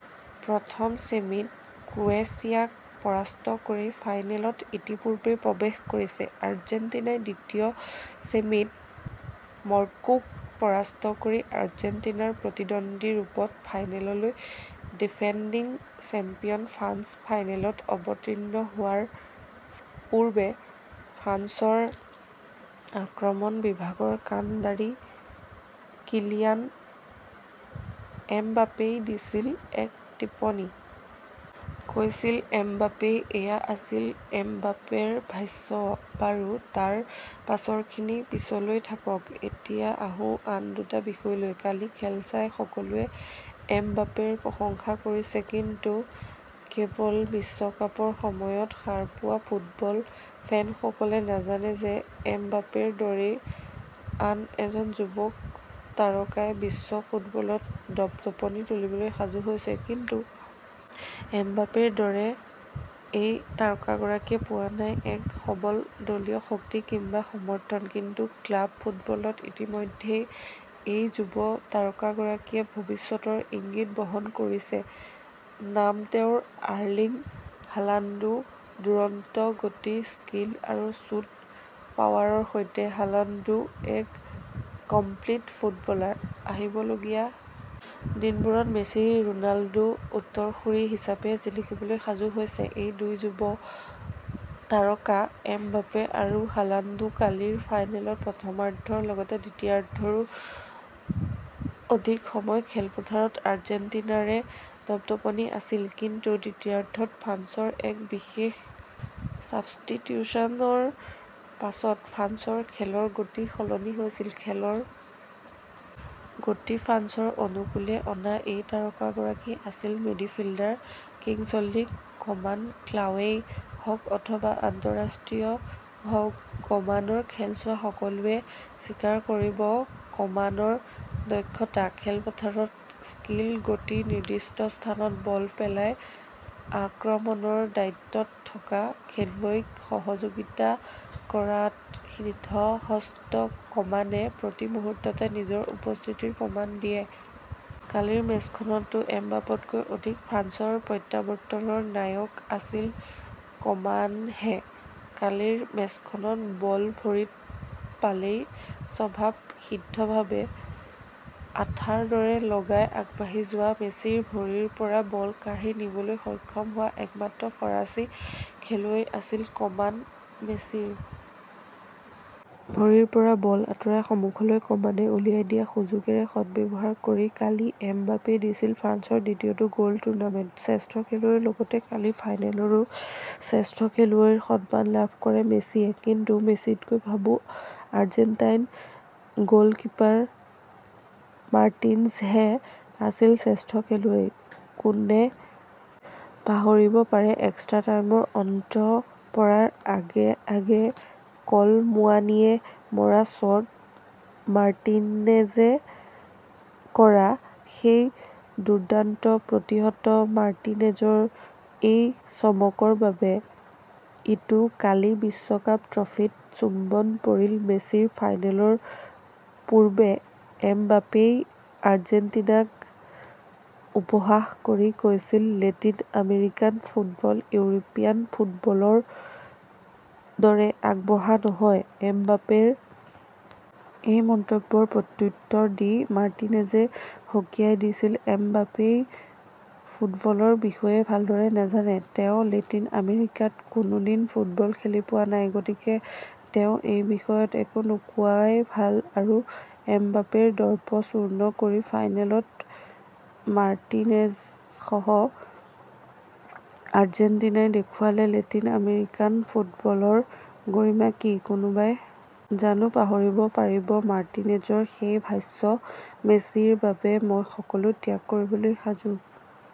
প্ৰথম ছেমিত ক্ৰৱেছিয়াক পৰাস্ত কৰি ফাইনেলত ইতিপূৰ্বেই প্ৰৱেশ কৰিছে। আৰ্জেণ্টিনাই দ্বিতীয় ছেমিত মৰক্কোক পৰাস্ত কৰি আৰ্জেণ্টিনাৰ প্ৰতিদ্বন্দী ৰূপত ফাইনেললৈ ডিফেণ্ডিং চেম্পিয়ন ফ্ৰান্স ফাইনেলত অৱতীৰ্ণ হোৱাৰ পূৰ্বে ফ্ৰান্সৰ আক্ৰমণ বিভাগৰ কাণ্ডাৰী কিলিয়ান এমবাপেই দিছিল এক টিপ্পনী। কৈছিল এমবাপেই এয়া আছিল এমবাপেৰ ভাষ্য, বাৰু তাৰ পাছৰখিনি পিছলৈ থাকক, এতিয়া আহোঁ আন দুটা বিষয়লৈ কালি খেল চাই সকলোৱে এমবাপেৰ প্ৰশংসা কৰিছে। কিন্তু কেৱল বিশ্বকাপৰ সময়ত সাৰ পোৱা ফুটবল ফেনসকলে নাজানে যে এমবাপেৰ দৰেই আন এক যুৱ তাৰকাই বিশ্ব ফুটবলত দপ-দপনি তুলিবলৈ সাজু হৈছে। কিন্তু এমবাপেৰ দৰে এই তাৰকাগৰাকীয়ে পোৱা নাই এক সবল দলীয় শক্তি, কিম্বা সমৰ্থন কিন্তু ক্লাৱ ফুটবলত ইতিমধ্যেই এই যুৱ তাৰকাগৰাকীয়ে ভৱিষ্যতৰ ইংগিত বহন কৰিছে। নাম তেওঁৰ আৰ্লিং হালাণ্ড দুৰন্ত গতি স্কীল আৰু শ্বুট পাৱাৰৰ সৈতে হালাণ্ড এক কমপ্লিট ফুটবলাৰ। আহিবলগীয়া দিনবোৰত মেছি-ৰোনাল্ড উত্তৰ-সূৰী হিচাপে জিলিকিবলৈ সাজু হৈছে ।এই দুই যুৱ তাৰকা এমবাপে আৰু হালাণ্ড কালিৰ ফাইনেলত প্ৰথমাৰ্ধৰ লগতে দ্বিতীয়াৰ্ধৰো অধিক সময় খেলপথাৰত আৰ্জেণ্টিনাৰে দপ-দপনি আছিল। কিন্তু দ্বিতীয়াৰ্ধত ফ্ৰান্সৰ এক বিশেষ চাবষ্টিটিউচনৰ পাছত ফ্ৰান্সৰ খেলৰ গতি সলনি হৈছিল। খেলৰ গতি ফ্ৰান্সৰ অনুকুলে অনা এই তাৰকাগৰাকী আছিল মিডফিল্ডাৰ কিংছলী কমান ক্লাৱেই হওক ,অথবা আন্ত:ৰাষ্ট্ৰীয় হওক, কমানৰ খেল চোৱা সকলোৱে স্বীকাৰ কৰিব কমানৰ দক্ষতা। খেলপথাৰত স্কীল গতি নিৰ্দিষ্ট স্থানত বল পেলাই আক্ৰমণৰ দায়িত্বত থকা খেলুৱৈক সহযোগিতা কৰাত সিদ্ধহস্ত কমানে প্ৰতি মুহূৰ্ততে নিজৰ উপস্থিতিৰ প্ৰমাণ দিয়ে। কালিৰ মেচখনতো এমবাপেতকৈ অধিক ফ্ৰান্সৰ প্ৰত্যাৱৰ্তনৰ নায়ক আছিল কমানহে। কালিৰ মেচখনত বল ভৰিত পালেই স্বভাৱ সিদ্ধভাৱে আঠাৰ দৰে লগাই আগবাঢ়ি যোৱা মেছিৰ ভৰিৰ পৰা বল কাঢ়ি নিবলৈ সক্ষম হোৱা একমাত্ৰ ফৰাচী খেলুৱৈ আছিল কমান। মেছিৰ ভৰিৰ পৰা বল আঁতৰাই সমুখলৈ কমানে ওলিয়াই দিয়া সুযোগৰে সদব্যৱহাৰ কৰি কালি এমবাপেই দিছিল ফ্ৰান্সৰ দ্বিতীয়টো গলটুৰ্ণামেণ্ট। শ্ৰেষ্ঠ খেলুৱৈৰ লগতে কালি ফাইনেলৰো শ্ৰেষ্ঠ খেলুৱৈৰ সন্মান লাভ কৰে মেছিয়ে। কিন্তু মেছিতকৈ ভাবোঁ আৰ্জেণ্টাইন গলকীপাৰ মাৰ্টিনজহে আছিল শ্ৰেষ্ঠ খেলুৱৈ। কোনে পাহৰিব পাৰে এক্সট্ৰা টাইমৰ অন্ত পৰাৰ আগে আগে কল মুৱানিয়ে মৰা শ্বট মাৰ্টিনেজে কৰা সেই দুৰ্দান্ত প্ৰতিহত মাৰ্টিনেজৰ এই চমকৰ বাবে। ইটো কালি বিশ্বকাপ ট্ৰফীত চুম্বন পৰিল মেছিৰ ফাইনেলৰ পূৰ্বে এমবাপেই আৰ্জেণ্টিনাক উপহাস কৰি কৈছিল লেটিন আমেৰিকান ফুটবল ইউৰোপীয়ান ফুটবলৰ দৰে আগবঢ়া নহয়। এমবাপেৰ এই মন্তব্যৰ প্ৰত্যুত্তৰ দি মাৰ্টিনেজে সকীয়াই দিছিল ।এমবাপেই ফুটবলৰ বিষয়ে ভালদৰে নাজানে। তেওঁ লেটিন আমেৰিকাত কোনোদিন ফুটবল খেলি পোৱা নাই। গতিকে তেওঁ এই বিষয়ত একো নোকোৱাই ভাল আৰু এমবাপেৰ দৰ্প চূৰ্ণ কৰি ফাইনেলত মাৰ্টিনেজসহ আৰ্জেণ্টিনাই দেখুৱালে লেটিন আমেৰিকান ফুটবলৰ গৰিমা কি ?কোনোবাই জানো পাহৰিব পাৰিব মাৰ্টিনেজৰ সেই ভাষ্য মেছিৰ বাবে মই সকলো ত্যাগ কৰিবলৈ সাজু।